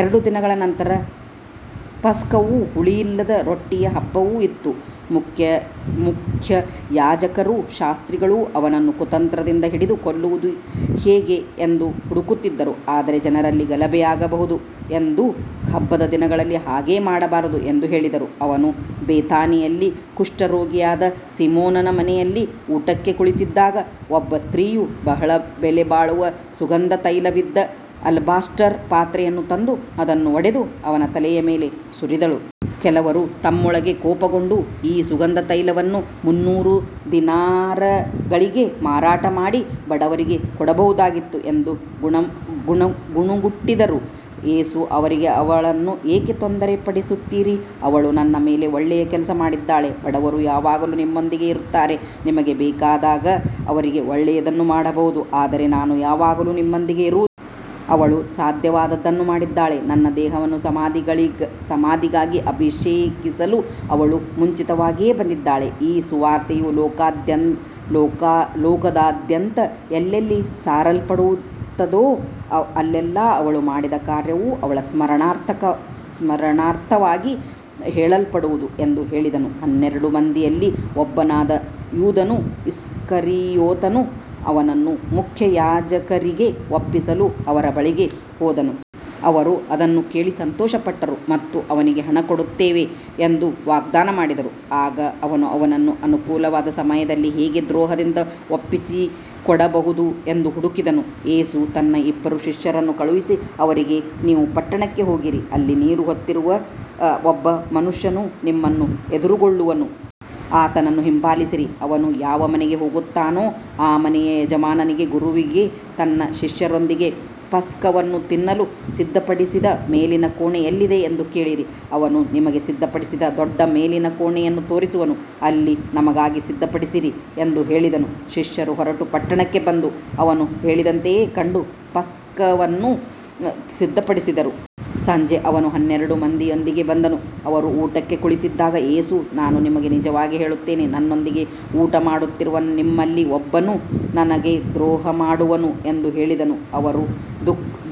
ಎರಡು ದಿನಗಳ ನಂತರ ಪಸ್ಕವೂ ಹುಳಿಯಿಲ್ಲದ ರೊಟ್ಟಿಯ ಹಬ್ಬವೂ ಇತ್ತು. ಮುಖ್ಯಯಾಜಕರೂ ಶಾಸ್ತ್ರಿಗಳೂ ಅವನನ್ನು ಕುತಂತ್ರದಿಂದ ಹಿಡಿದು ಕೊಲ್ಲುವುದು ಹೇಗೆ ಎಂದು ಹುಡುಕುತ್ತಿದ್ದರು. ಆದರೆ ಜನರಲ್ಲಿ ಗಲಭೆಯಾಗಬಹುದು ಎಂದು ಹಬ್ಬದ ದಿನದಲ್ಲಿ ಹಾಗೆ ಮಾಡಬಾರದು ಎಂದು ಹೇಳಿದರು. ಅವನು ಬೇಥಾನಿಯಲ್ಲಿ ಕುಷ್ಠರೋಗಿಯಾದ ಸೀಮೋನನ ಮನೆಯಲ್ಲಿ ಊಟಕ್ಕೆ ಕುಳಿತಿದ್ದಾಗ ಒಬ್ಬ ಸ್ತ್ರೀಯು ಬಹಳ ಬೆಲೆಬಾಳುವ ಸುಗಂಧ ತೈಲವಿದ್ದ ಅಲಬಾಸ್ಟರ್ ಪಾತ್ರೆಯನ್ನು ತಂದು ಅದನ್ನು ಒಡೆದು ಅವನ ತಲೆಯ ಮೇಲೆ ಸುರಿಸಿದಳು. ಕೆಲವರು ತಮ್ಮೊಳಗೆ ಕೋಪಗೊಂಡು, ಈ ಸುಗಂಧ ತೈಲವನ್ನು ಮುನ್ನೂರು ದಿನಾರಗಳಿಗೆ ಮಾರಾಟ ಮಾಡಿ ಬಡವರಿಗೆ ಕೊಡಬಹುದಾಗಿತ್ತು ಎಂದು ಗುಣುಗುಟ್ಟಿದರು. ಯೇಸು ಅವರಿಗೆ, ಅವಳನ್ನು ಏಕೆ ತೊಂದರೆಪಡಿಸುತ್ತೀರಿ. ಅವಳು ನನ್ನ ಮೇಲೆ ಒಳ್ಳೆಯ ಕೆಲಸ ಮಾಡಿದ್ದಾಳೆ. ಬಡವರು ಯಾವಾಗಲೂ ನಿಮ್ಮೊಂದಿಗೆ ಇರುತ್ತಾರೆ, ನಿಮಗೆ ಬೇಕಾದಾಗ ಅವರಿಗೆ ಒಳ್ಳೆಯದನ್ನು ಮಾಡಬಹುದು, ಆದರೆ ನಾನು ಯಾವಾಗಲೂ ನಿಮ್ಮೊಂದಿಗೆ ಇರುವುದಿಲ್ಲ. ಅವಳು ಸಾಧ್ಯವಾದದ್ದನ್ನು ಮಾಡಿದ್ದಾಳೆ. ನನ್ನ ದೇಹವನ್ನು ಸಮಾಧಿಗಾಗಿ ಅಭಿಷೇಕಿಸಲು ಅವಳು ಮುಂಚಿತವಾಗಿಯೇ ಬಂದಿದ್ದಾಳೆ. ಈ ಸುವಾರ್ತೆಯು ಲೋಕದಾದ್ಯಂತ ಎಲ್ಲೆಲ್ಲಿ ಸಾರಲ್ಪಡುತ್ತದೋ ಅಲ್ಲೆಲ್ಲಾ ಅವಳು ಮಾಡಿದ ಕಾರ್ಯವೂ ಅವಳ ಸ್ಮರಣಾರ್ಥವಾಗಿ ಹೇಳಲ್ಪಡುವುದು ಎಂದು ಹೇಳಿದನು. ಹನ್ನೆರಡು ಮಂದಿಯಲ್ಲಿ ಒಬ್ಬನಾದ ಯೂದನು ಇಸ್ಕರಿಯೋತನು ಅವನನ್ನು ಮುಖ್ಯಯಾಜಕರಿಗೆ ಒಪ್ಪಿಸಲು ಅವರ ಬಳಿಗೆ ಹೋದನು. ಅವರು ಅದನ್ನು ಕೇಳಿ ಸಂತೋಷಪಟ್ಟರು ಮತ್ತು ಅವನಿಗೆ ಹಣ ಕೊಡುತ್ತೇವೆ ಎಂದು ವಾಗ್ದಾನ ಮಾಡಿದರು. ಆಗ ಅವನು ಅವನನ್ನು ಅನುಕೂಲವಾದ ಸಮಯದಲ್ಲಿ ಹೇಗೆ ದ್ರೋಹದಿಂದ ಒಪ್ಪಿಸಿಕೊಡಬಹುದು ಎಂದು ಹುಡುಕಿದನು. ಯೇಸು ತನ್ನ ಇಬ್ಬರು ಶಿಷ್ಯರನ್ನು ಕಳುಹಿಸಿ ಅವರಿಗೆ, ನೀವು ಪಟ್ಟಣಕ್ಕೆ ಹೋಗಿರಿ. ಅಲ್ಲಿ ನೀರು ಹೊತ್ತಿರುವ ಒಬ್ಬ ಮನುಷ್ಯನು ನಿಮ್ಮನ್ನು ಎದುರುಗೊಳ್ಳುವನು. ಅವನನ್ನು ಹಿಂಬಾಲಿಸಿರಿ. ಅವನು ಯಾವ ಮನೆಗೆ ಹೋಗುತ್ತಾನೋ ಆ ಮನೆಯ ಯಜಮಾನನಿಗೆ, ಗುರುವಿಗೆ ತನ್ನ ಶಿಷ್ಯರೊಂದಿಗೆ ಪಸ್ಕವನ್ನು ತಿನ್ನಲು ಸಿದ್ಧಪಡಿಸಿದ ಮೇಲಿನ ಕೋಣೆ ಎಲ್ಲಿದೆ ಎಂದು ಕೇಳಿರಿ. ಅವನು ನಿಮಗೆ ಸಿದ್ಧಪಡಿಸಿದ ದೊಡ್ಡ ಮೇಲಿನ ಕೋಣೆಯನ್ನು ತೋರಿಸುವನು. ಅಲ್ಲಿ ನಮಗಾಗಿ ಸಿದ್ಧಪಡಿಸಿರಿ ಎಂದು ಹೇಳಿದನು. ಶಿಷ್ಯರು ಹೊರಟು ಪಟ್ಟಣಕ್ಕೆ ಬಂದು, ಅವನು ಹೇಳಿದಂತೆಯೇ ಕಂಡು ಪಸ್ಕವನ್ನು ಸಿದ್ಧಪಡಿಸಿದರು. ಸಂಜೆ ಅವನು ಹನ್ನೆರಡು ಮಂದಿಯೊಂದಿಗೆ ಬಂದನು. ಅವರು ಊಟಕ್ಕೆ ಕುಳಿತಿದ್ದಾಗ ಯೇಸು, ನಾನು ನಿಮಗೆ ನಿಜವಾಗಿ ಹೇಳುತ್ತೇನೆ, ನನ್ನೊಂದಿಗೆ ಊಟಮಾಡುತ್ತಿರುವ ನಿಮ್ಮಲ್ಲಿ ಒಬ್ಬನು ನನಗೆ ದ್ರೋಹಮಾಡುವನು ಎಂದು ಹೇಳಿದನು. ಅವರು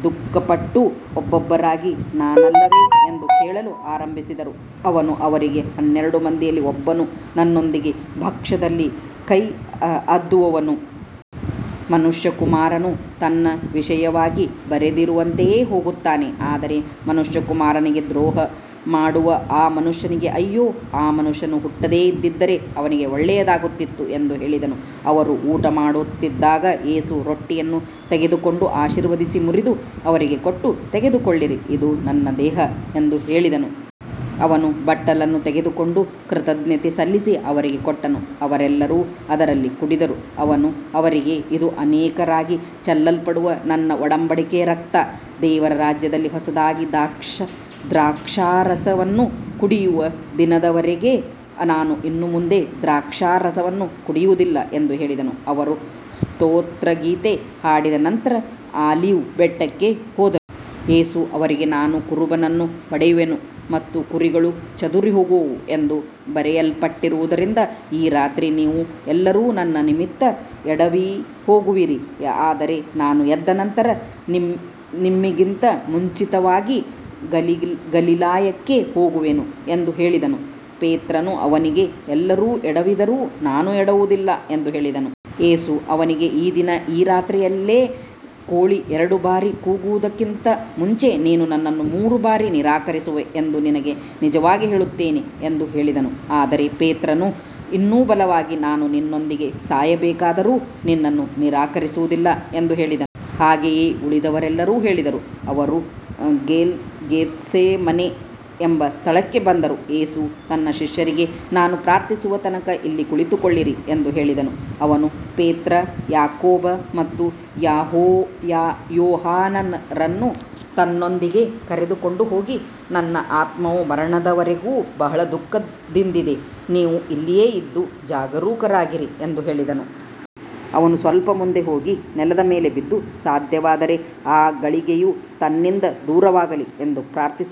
ದುಃಖಪಟ್ಟು ಒಬ್ಬೊಬ್ಬರಾಗಿ, ನಾನಲ್ಲವೇ ಎಂದು ಕೇಳಲು ಆರಂಭಿಸಿದರು. ಅವನು ಅವರಿಗೆ, ಹನ್ನೆರಡು ಮಂದಿಯಲ್ಲಿ ಒಬ್ಬನು ನನ್ನೊಂದಿಗೆ ಭಕ್ಷ್ಯದಲ್ಲಿ ಕೈ ಅದ್ದುವವನು. ಮನುಷ್ಯಕುಮಾರನು ತನ್ನ ವಿಷಯವಾಗಿ ಬರೆದಿರುವಂತೆಯೇ ಹೋಗುತ್ತಾನೆ. ಆದರೆ ಮನುಷ್ಯಕುಮಾರನಿಗೆ ದ್ರೋಹಮಾಡುವ ಆ ಮನುಷ್ಯನಿಗೆ ಅಯ್ಯೋ. ಆ ಮನುಷ್ಯನು ಹುಟ್ಟದೇ ಇದ್ದಿದ್ದರೆ ಅವನಿಗೆ ಒಳ್ಳೆಯದಾಗುತ್ತಿತ್ತು ಎಂದು ಹೇಳಿದನು. ಅವರು ಊಟಮಾಡುತ್ತಿದ್ದಾಗ ಯೇಸು ರೊಟ್ಟಿಯನ್ನು ತೆಗೆದುಕೊಂಡು ಆಶೀರ್ವದಿಸಿ ಮುರಿದು ಅವರಿಗೆ ಕೊಟ್ಟು, ತೆಗೆದುಕೊಳ್ಳಿರಿ, ಇದು ನನ್ನ ದೇಹ ಎಂದು ಹೇಳಿದನು. ಅವನು ಬಟ್ಟಲನ್ನು ತೆಗೆದುಕೊಂಡು ಕೃತಜ್ಞತೆ ಸಲ್ಲಿಸಿ ಅವರಿಗೆ ಕೊಟ್ಟನು. ಅವರೆಲ್ಲರೂ ಅದರಲ್ಲಿ ಕುಡಿದರು. ಅವನು ಅವರಿಗೆ, ಇದು ಅನೇಕರಿಗಾಗಿ ಚೆಲ್ಲಲ್ಪಡುವ ನನ್ನ ಒಡಂಬಡಿಕೆಯ ರಕ್ತ. ದೇವರ ರಾಜ್ಯದಲ್ಲಿ ಹೊಸದಾಗಿ ದ್ರಾಕ್ಷಾರಸವನ್ನು ಕುಡಿಯುವ ದಿನದವರೆಗೆ ನಾನು ಇನ್ನು ಮುಂದೆ ದ್ರಾಕ್ಷಾರಸವನ್ನು ಕುಡಿಯುವುದಿಲ್ಲ ಎಂದು ಹೇಳಿದನು. ಅವರು ಸ್ತೋತ್ರಗೀತೆ ಹಾಡಿದ ನಂತರ ಆಲಿವ್ ಬೆಟ್ಟಕ್ಕೆ ಹೋದರು. ಯೇಸು ಅವರಿಗೆ, ನಾನು ಕುರುಬನನ್ನು ಹೊಡೆಯುವೆನು ಮತ್ತು ಕುರಿಗಳು ಚದುರಿಹೋಗುವವು ಎಂದು ಬರೆಯಲ್ಪಟ್ಟಿರುವುದರಿಂದ ಈ ರಾತ್ರಿ ನೀವು ಎಲ್ಲರೂ ನನ್ನ ನಿಮಿತ್ತ ಎಡವಿಹೋಗುವಿರಿ. ಆದರೆ ನಾನು ಎದ್ದ ನಂತರ ನಿಮ್ಮಿಗಿಂತ ಮುಂಚಿತವಾಗಿ ಗಲಿಲಾಯಕ್ಕೆ ಹೋಗುವೆನು ಎಂದು ಹೇಳಿದನು. ಪೇತ್ರನು ಅವನಿಗೆ, ಎಲ್ಲರೂ ಎಡವಿದರೂ ನಾನು ಎಡವುವುದಿಲ್ಲ ಎಂದು ಹೇಳಿದನು. ಯೇಸು ಅವನಿಗೆ, ಈ ದಿನ, ಈ ರಾತ್ರಿಯಲ್ಲೇ ಕೋಳಿ ಎರಡು ಬಾರಿ ಕೂಗುವುದಕ್ಕಿಂತ ಮುಂಚೆ ನೀನು ನನ್ನನ್ನು ಮೂರು ಬಾರಿ ನಿರಾಕರಿಸುವೆ ಎಂದು ನಿನಗೆ ನಿಜವಾಗಿ ಹೇಳುತ್ತೇನೆ ಎಂದು ಹೇಳಿದನು. ಆದರೆ ಪೇತ್ರನು ಇನ್ನೂ ಬಲವಾಗಿ, ನಾನು ನಿನ್ನೊಂದಿಗೆ ಸಾಯಬೇಕಾದರೂ ನಿನ್ನನ್ನು ನಿರಾಕರಿಸುವುದಿಲ್ಲ ಎಂದು ಹೇಳಿದನು. ಹಾಗೆಯೇ ಉಳಿದವರೆಲ್ಲರೂ ಹೇಳಿದರು. ಅವರು ಗೆತ್ಸೇಮನೆ ಎಂಬ ಸ್ಥಳಕ್ಕೆ ಬಂದರು. ಯೇಸು ತನ್ನ ಶಿಷ್ಯರಿಗೆ, ನಾನು ಪ್ರಾರ್ಥಿಸುವ ತನಕ ಇಲ್ಲಿ ಕುಳಿತುಕೊಳ್ಳಿರಿ ಎಂದು ಹೇಳಿದನು. ಅವನು ಪೇತ್ರ, ಯಾಕೋಬ ಮತ್ತು ಯೋಹಾನರನ್ನು ತನ್ನೊಂದಿಗೆ ಕರೆದುಕೊಂಡು ಹೋಗಿ, ನನ್ನ ಆತ್ಮವು ಮರಣದವರೆಗೂ ಬಹಳ ದುಃಖದಿಂದಿದೆ. ನೀವು ಇಲ್ಲಿಯೇ ಇದ್ದು ಜಾಗರೂಕರಾಗಿರಿ ಎಂದು ಹೇಳಿದನು. ಅವನು ಸ್ವಲ್ಪ ಮುಂದೆ ಹೋಗಿ ನೆಲದ ಮೇಲೆ ಬಿದ್ದು, ಸಾಧ್ಯವಾದರೆ ಆ ಗಳಿಗೆಯು ತನ್ನಿಂದ ದೂರವಾಗಲಿ ಎಂದು ಪ್ರಾರ್ಥಿಸಿದನು.